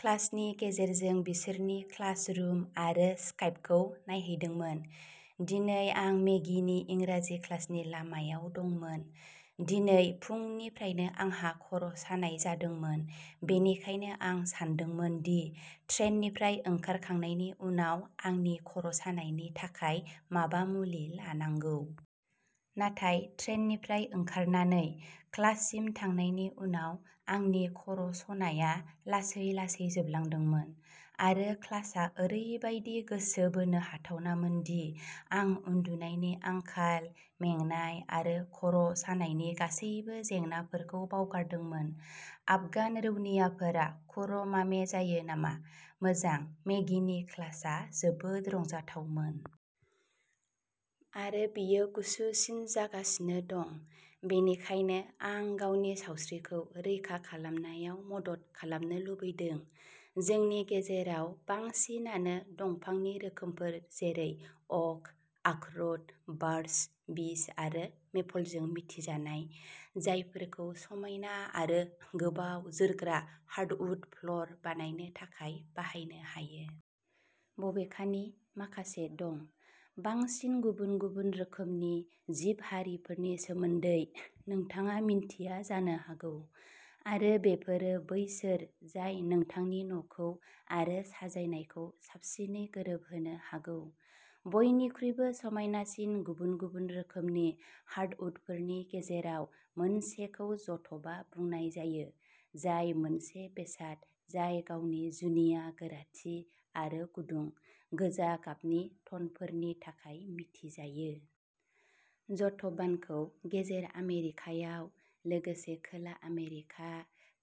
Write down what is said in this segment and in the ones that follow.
क्लासनि गेजेरजों बिसोरनि क्लास रुम आरो स्काइपखौ नायहैदोंमोन। दिनै, आं मेगीनि इंराजि क्लासनि लामायाव दंमोन। दिनै फुंनिफ्रायनो आंहा खर'सानाय जादोंमोन। बेनिखायनो आं सानदोंमोन दि ट्रेननिफ्राय ओंखारखांनायनि उनाव आंनि खर'सानायनि थाखाय माबा मुलि लानांगौ। नाथाय ट्रेननिफ्राय ओंखारनानै क्लाससिम थांनायनि उनाव, आंनि खर'सनाया लासै-लासै जोबलांदोंमोन। आरो क्लासआ ओरैबायदि गोसो बोनो हाथावनामोन दि आं उन्दुनायनि आंखाल, मेंनाय आरो खर'सानायनि गासैबो जेंनाफोरखौ बावगारदोंमोन। "आफगान रौनियाफोरा कुर'मामे जायो नामा? मोजां, मेगीनि क्लासआ जोबोद रंजाथावमोन!! आरो बेयो गुसुसिन जागासिनो दं। बेनिखायनो, आं आंनि सावस्रिखौ रैखा खालामनायाव मदद खालामनो लुबैदों! जोंनि गेजेराव बांसिनानो दंफांनि रोखोमफोर जेरै अक, आखरोट, बार्च, बीच आरो मेपलजों मिथिजानाय, जायफोरखौ समायना आरो गोबाव जोरग्रा हार्डवुड फ्ल'र बानायनो थाखाय बाहायनो हायो। बबेखानि, माखासे दं। बांसिन गुबुन-गुबुन रोखोमनि जिब-हारिफोरनि सोमोन्दै नोंथाङा मिन्थिया जानो हागौ, आरो बेफोरो बैसोर जाय नोंथांनि न'खौ आरो साजायनायखौ साबसिनै गोरोबहोनो हागौ। बयनिख्रुइबो समायनासिन गुबुन-गुबुन रोखोमनि हार्डवुडफोरनि गेजेराव मोनसेखौ जट'बा बुंनाय जायो, जाय मोनसे बेसाद जाय गावनि जुनिया गोराथि आरो गुदुं, गोजा गाबनि टनफोरनि थाखाय मिथिजायो। जट'बानखौ गेजेर आमेरिकायाव, लोगोसे खोला आमेरिका,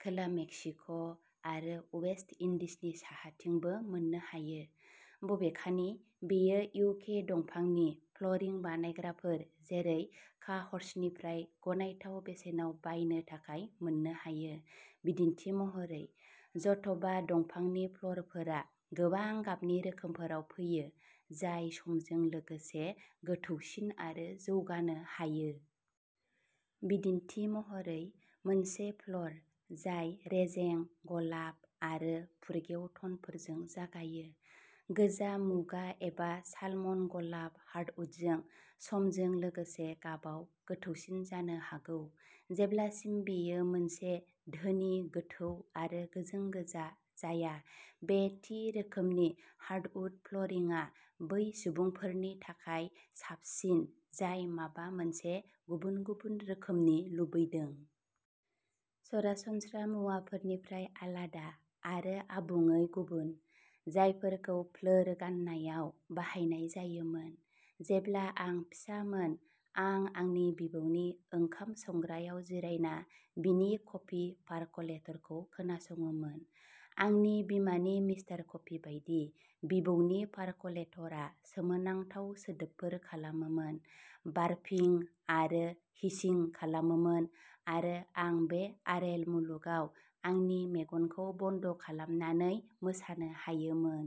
खोला मेक्सिक'आरो वेस्ट इंडीजनि साहाथिंबो मोननो हायो। बबेखानि, बेयो इउके दंफांनि फ्ल'रिं बानायग्राफोर जेरै काहर्सनिफ्राय गनायथाव बेसेनाव बायनो थाखाय मोननो हायो, बिदिन्थि महरै। जट'बा दंफांनि फ्ल'रफोरा गोबां गाबनि रोखोमफोराव फैयो, जाय समजों लोगोसे गोथौसिन आरो जौगानो हायो। बिदिन्थि महरै, मोनसे फ्ल'र जाय रेजें गलाब आरो फुरगेव टनफोरजों जागायो, गोजा मुगा एबा सालमन गलाब हार्टवुडजों, समजों लोगोसे गाबाव गोथौसिन जानो हागौ जेब्लासिम बेयो मोनसे धोनि, गोथौ आरो गोजों गोजा जाया। बे थि रोखोमनि हार्डवुड फ्ल'रिंआ बै सुबुंफोरनि थाखाय साबसिन जाय माबा मोनसे गुबुन-गुबुन रोखोमनि लुबैदों। सरासनस्रा मुवाफोरनिफ्राय आलादा आरो आबुङै गुबुन, जायफोरखौ फ्लोर गाननायाव बाहायनाय जायोमोन। जेब्ला आं फिसामोन, आं आंनि बिबौनि ओंखाम संग्रायाव जिरायना बिनि कफि पारकलेटरखौ खोनासङोमोन। आंनि बिमानि मिस्टार कफि बायदि, बिबौनि पारकलेटरआ सोमोनांथाव सोदोबफोर खालामोमोन, बार्पिं आरो हिसिं खालामोमोन, आरो आं बे आरेल मुलुगाव आंनि मेगनखौ बन्द'खालामनानै मोसानो हायोमोन।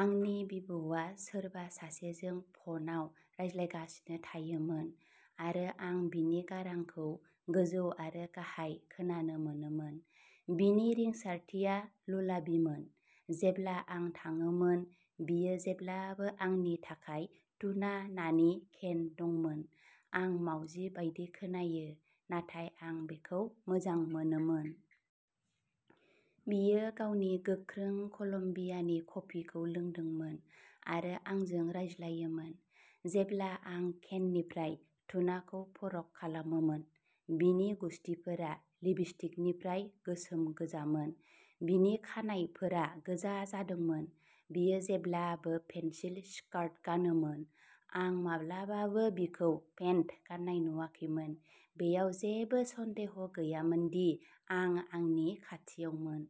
आंनि बिबौआ सोरबा सासेजों फनआव रायज्लायगासिनो थायोमोन आरो आं बिनि गारांखौ गोजौ आरो गाहाय खोनानो मोनोमोन, बिनि रिंसारथिया लुलाबिमोन। जेब्ला आं थाङोमोन, बियो जेब्लाबो आंनि थाखाय टुना नानि केन दंमोन। आं मावजि बायदि खोनायो, नाथाय आं बेखौ मोजां मोनोमोन। बियो गावनि गोख्रों कलम्बियानि कफिखौ लोंदोंमोन आरो आंजों रायज्लायोमोन, जेब्ला आं केननिफ्राय टुनाखौ फोरक खालामोमोन। बिनि गुसथिफोरा लिपस्टिकनिफ्राय गोसोम गोजामोन, बिनि खानाइफोरा गोजा जादोंमोन। बियो जेब्लाबो पेन्सिल स्कार्ट गानोमोन, आं माब्लाबाबो बिखौ पेन्ट गान्नाय नुवाखैमोन। बेयाव जेबो सन्देह गैयामोन दि आं आंनि खाथियावमोन।